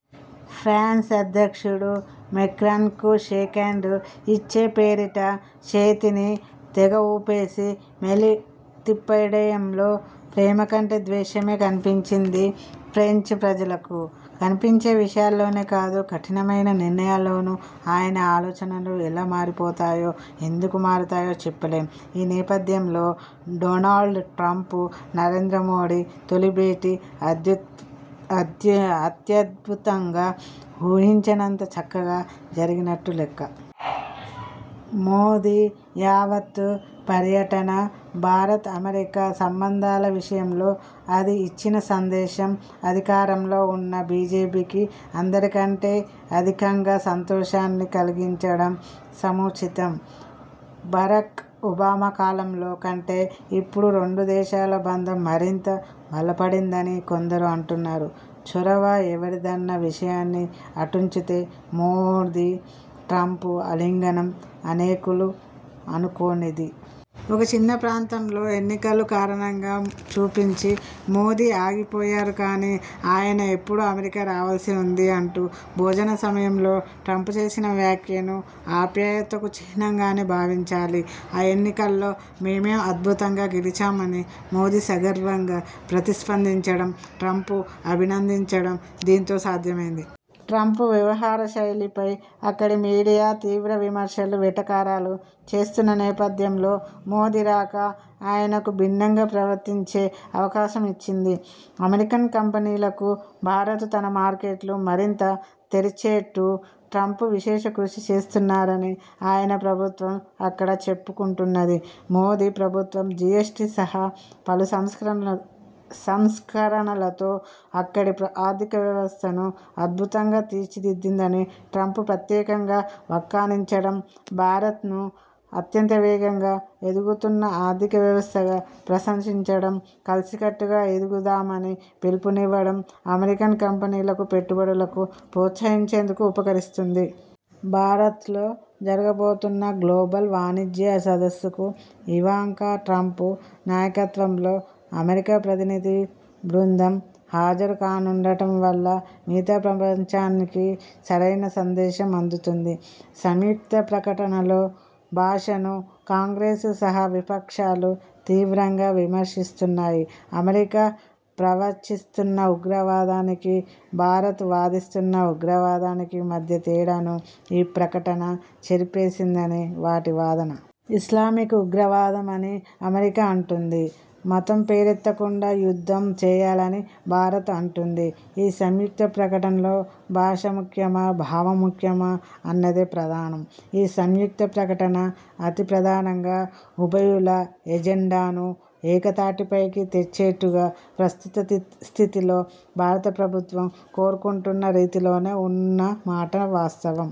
Fans అధ్యక్షుడు మేక్రాన్కు shake hand ఇచ్చే పేరిట చేతిని తెగఊపేసి మెలితిప్పేయడంలో ప్రేమ కంటే ద్వేషమే కనిపించింది ఫ్రెంచ్ ప్రజలకు. కనిపించే విషయాల్లోనే కాదు, కఠినమైన నిర్ణయాల్లోనూ ఆయన ఆలోచనలు ఎలా మారిపోతాయో, ఎందుకు మారతాయో చెప్పలేం. ఈ నేపథ్యంలో, డొనాల్డ్ ట్రంప్, నరేంద్రమోడీ తొలిభేటీ అత్యద్భుతంగా, ఊహించనంత చక్కగా జరిగినట్టు లెక్క. మోదీ యావత్తు పర్యటన, భారత్–అమెరికా సంబంధాల విషయంలో అది ఇచ్చిన సందేశం అధికారంలో ఉన్న బీజేపీకి అందరికంటే అధికంగా సంతోషాన్ని కలిగించడం సముచితం. బరాక్ ఒబామా కాలంలో కంటే ఇప్పుడు రెండు దేశాల బంధం మరింత బలపడిందని కొందరు అంటున్నారు. చొరవ ఎవరిదన్న విషయాన్ని అటుంచితే, మోదీ ట్రంప్ ఆలింగనం అనేకులు అనుకోనిది. 'ఒక చిన్నప్రాంతంలో ఎన్నికలు కారణంగా చూపించి మోదీ ఆగిపోయారు కానీ, ఆయన ఎప్పుడో అమెరికా రావాల్సి వుంది' అంటూ భోజన సమయంలో ట్రంప్ చేసిన వ్యాఖ్యను ఆప్యాయతకు చిహ్నంగానే భావించాలి. ఆ ఎన్నికల్లో మేమే అద్భుతంగా గెలిచాం అని మోదీ సగర్వంగా ప్రతిస్పందించడం, ట్రంప్ అభినందించడం దీంతో సాధ్యమైంది. ట్రంప్ వ్యవహారశైలిపై అక్కడి మీడియా తీవ్ర విమర్శలు, వెటకారాలు చేస్తున్న నేపథ్యంలో, మోదీ రాక ఆయనకు భిన్నంగా ప్రవర్తించే అవకాశం ఇచ్చింది. అమెరికన్ కంపెనీలకు భారత్ తన మార్కెట్లు మరింత తెరిచేట్టు ట్రంప్ విశేష కృషి చేస్తున్నారని ఆయన ప్రభుత్వం అక్కడ చెప్పుకుంటున్నది. మోదీ ప్రభుత్వం జీఎస్టీ సహా పలు సంస్కరణలతో అక్కడి ఆర్థిక వ్యవస్థను అద్భుతంగా తీర్చిదిద్దిందని ట్రంప్ ప్రత్యేకంగా వక్కాణించడం, భారత్ను అత్యంత వేగంగా ఎదుగుతున్న ఆర్థికవ్యవస్థగా ప్రశంసించడం, కలసికట్టుగా ఎదుగుదామని పిలుపునివ్వడం అమెరికన్ కంపెనీలకు పెట్టుబడులకు ప్రోత్సహించేందుకు ఉపకరిస్తుంది. భారత్లో జరగబోతున్న గ్లోబల్ వాణిజ్య సదస్సుకు ఇవాంకా ట్రంప్ నాయకత్వంలో అమెరికా ప్రతినిధి బృందం హాజరుకానుండటం వల్ల మిగతా ప్రపంచానికి సరైన సందేశం అందుతుంది. సంయుక్త ప్రకటనలో భాషను కాంగ్రెస్ సహా విపక్షాలు తీవ్రంగా విమర్శిస్తున్నాయి. అమెరికా ప్రవచిస్తున్న ఉగ్రవాదానికీ, భారత్ వాదిస్తున్న ఉగ్రవాదానికీ మధ్య తేడాను ఈ ప్రకటన చెరిపేసిందని వాటి వాదన. ఇస్లామిక్ ఉగ్రవాదం అని అమెరికా అంటుంది. మతం పేరెత్తకుండా యుద్ధం చేయాలని భారత్ అంటుంది. ఈ సంయుక్త ప్రకటనలో భాష ముఖ్యమా, భావం ముఖ్యమా అన్నదే ప్రధానం. ఈ సంయుక్త ప్రకటన అతిప్రధానంగా ఉభయుల ఎజెండానూ ఏకతాటిపైకి తెచ్చేట్టుగా, ప్రస్తుత స్థితిలో భారతప్రభుత్వం కోరుకుంటున్న రీతిలోనే ఉన్నమాట వాస్తవం.